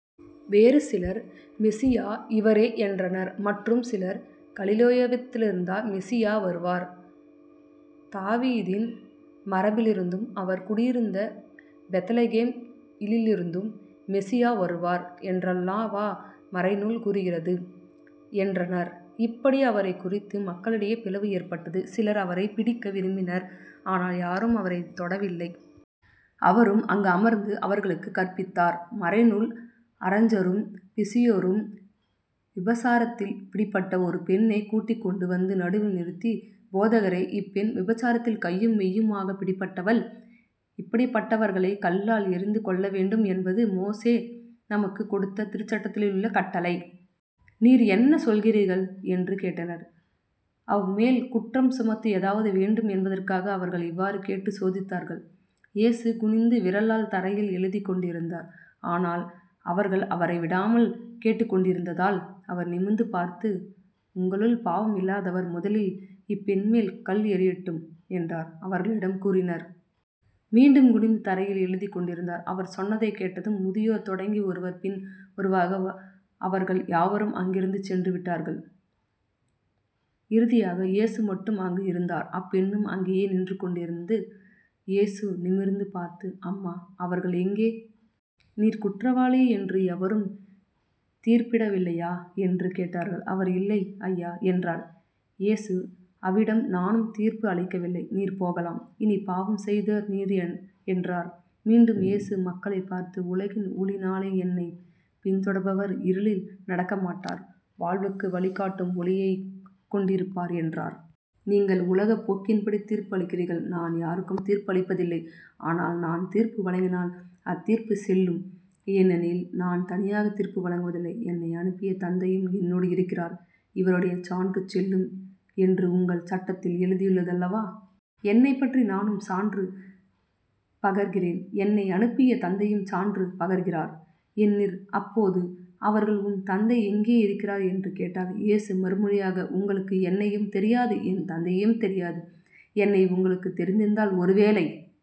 வேறு சிலர் மெசியா இவரே என்றனர். மற்றும் சிலர் கலிலேயாவிலிருந்தா மெசியா வருவார்? தாவீதின் மரபிலிருந்தும் அவர் குடியிருந்த பெத்லகேம் இலிருந்தும் மெசியா வருவார் என்றல்லவா மறைநூல் கூறுகிறது? என்றனர். இப்படி அவரைக் குறித்து மக்களிடையே பிளவு ஏற்பட்டது. சிலர் அவரைப் பிடிக்க விரும்பினர். ஆனால் யாரும் அவரைத் தொடவில்லை. அவரும் அங்கு அமர்ந்து அவர்களுக்குக் கற்பித்தார். மறைநூல் அறஞரும் பிசேயரும் விபசாரத்தில் பிடிபட்ட ஒரு பெண்ணைக் கூட்டிக் கொண்டு வந்து நடுவில் நிறுத்தி போதகரே இப்பெண் விபச்சாரத்தில் கையும் மெய்யுமாகப் பிடிப்பட்டவள். இப்படிப்பட்டவர்களைக் கல்லால் எறிந்து கொல்ல வேண்டும் என்பது மோசே நமக்குக் கொடுத்த திருச்சட்டத்திலுள்ள கட்டளை. நீர் என்ன சொல்கிறீர்? என்று கேட்டனர். அவ்மேல் குற்றம் சுமத்த ஏதாவது வேண்டும் என்பதற்காக அவர்கள் இவ்வாறு கேட்டுச் சோதித்தார்கள். இயேசு குனிந்து விரலால் தரையில் எழுதிக்கொண்டிருந்தார். ஆனால் அவர்கள் அவரை விடாமல் கேட்டுக்கொண்டிருந்ததால் அவர் நிமிர்ந்து பார்த்து உங்களுள் பாவம் இல்லாதவர் முதலில் இப்பெண்மேல் கல் எறியட்டும் என்ற அவர்களிடம் கூறினார். மீண்டும் குனிந்து தரையில் எழுதிக் கொண்டிருந்தார். அவர் சொன்னதைக் கேட்டதும் முதியோர் தொடங்கி ஒருவர் பின் ஒருவராக அவர்கள் யாவரும் அங்கிருந்து சென்று விட்டார்கள். இறுதியாக இயேசு மட்டுமே அங்கு இருந்தார். அப்பெண்ணும் அங்கேயே நின்று கொண்டிருந்த். இயேசு நிமிர்ந்து பார்த்து அம்மா அவர்கள் எங்கே? நீர் குற்றவாளி என்று எவரும் தீர்ப்பிடவில்லையா? என்று கேட்டார்கள். அவர் இல்லை ஐயா என்றார். இயேசு அவிடம்"நானும் தீர்ப்பு அளிக்கவில்லை. நீர் போகலாம். இனிப் பாவம் செய்யாதீர்" என்றார். மீண்டும் இயேசு மக்களைப் பார்த்து"உலகின் ஒளி நானே என்னைப் பின்தொடர்பவர் இருளில் நடக்கமாட்டார் வாழ்வுக்கு வழி காட்டும் ஒளியைக் கொண்டிருப்பார்" என்றார். நீங்கள் உலகப் போக்கின்படி தீர்ப்பு அளிக்கிறீர்கள். நான் யாருக்கும் தீர்ப்பு அளிப்பதில்லை. ஆனால் நான் தீர்ப்பு வழங்கினால் அத்தீர்ப்புச் செல்லும். ஏனெனில் நான் தனியாகத் தீர்ப்பு வழங்குவதில்லை என்னை அனுப்பிய தந்தையும் என்னோடு இருக்கிறார். இருவருடைய சான்று செல்லும் என்று உங்கள் சட்டத்தில் எழுதியுள்ளது அல்லவா? என்னைப்பற்றி நானும் சான்று பகர்கிறேன் என்னை அனுப்பிய தந்தையும் சான்று பகர்கிறார் என்ற். அப்போது அவர்கள் உம் தந்தை எங்கே இருக்கிறார்? என்று கேட்டார்கள். இயேசு மறுமொழியாக உங்களுக்கு என்னையும் தெரியாது என் தந்தையையும் தெரியாது. என்னை உங்களுக்குத் தெரிந்திருந்தால் ஒருவேளை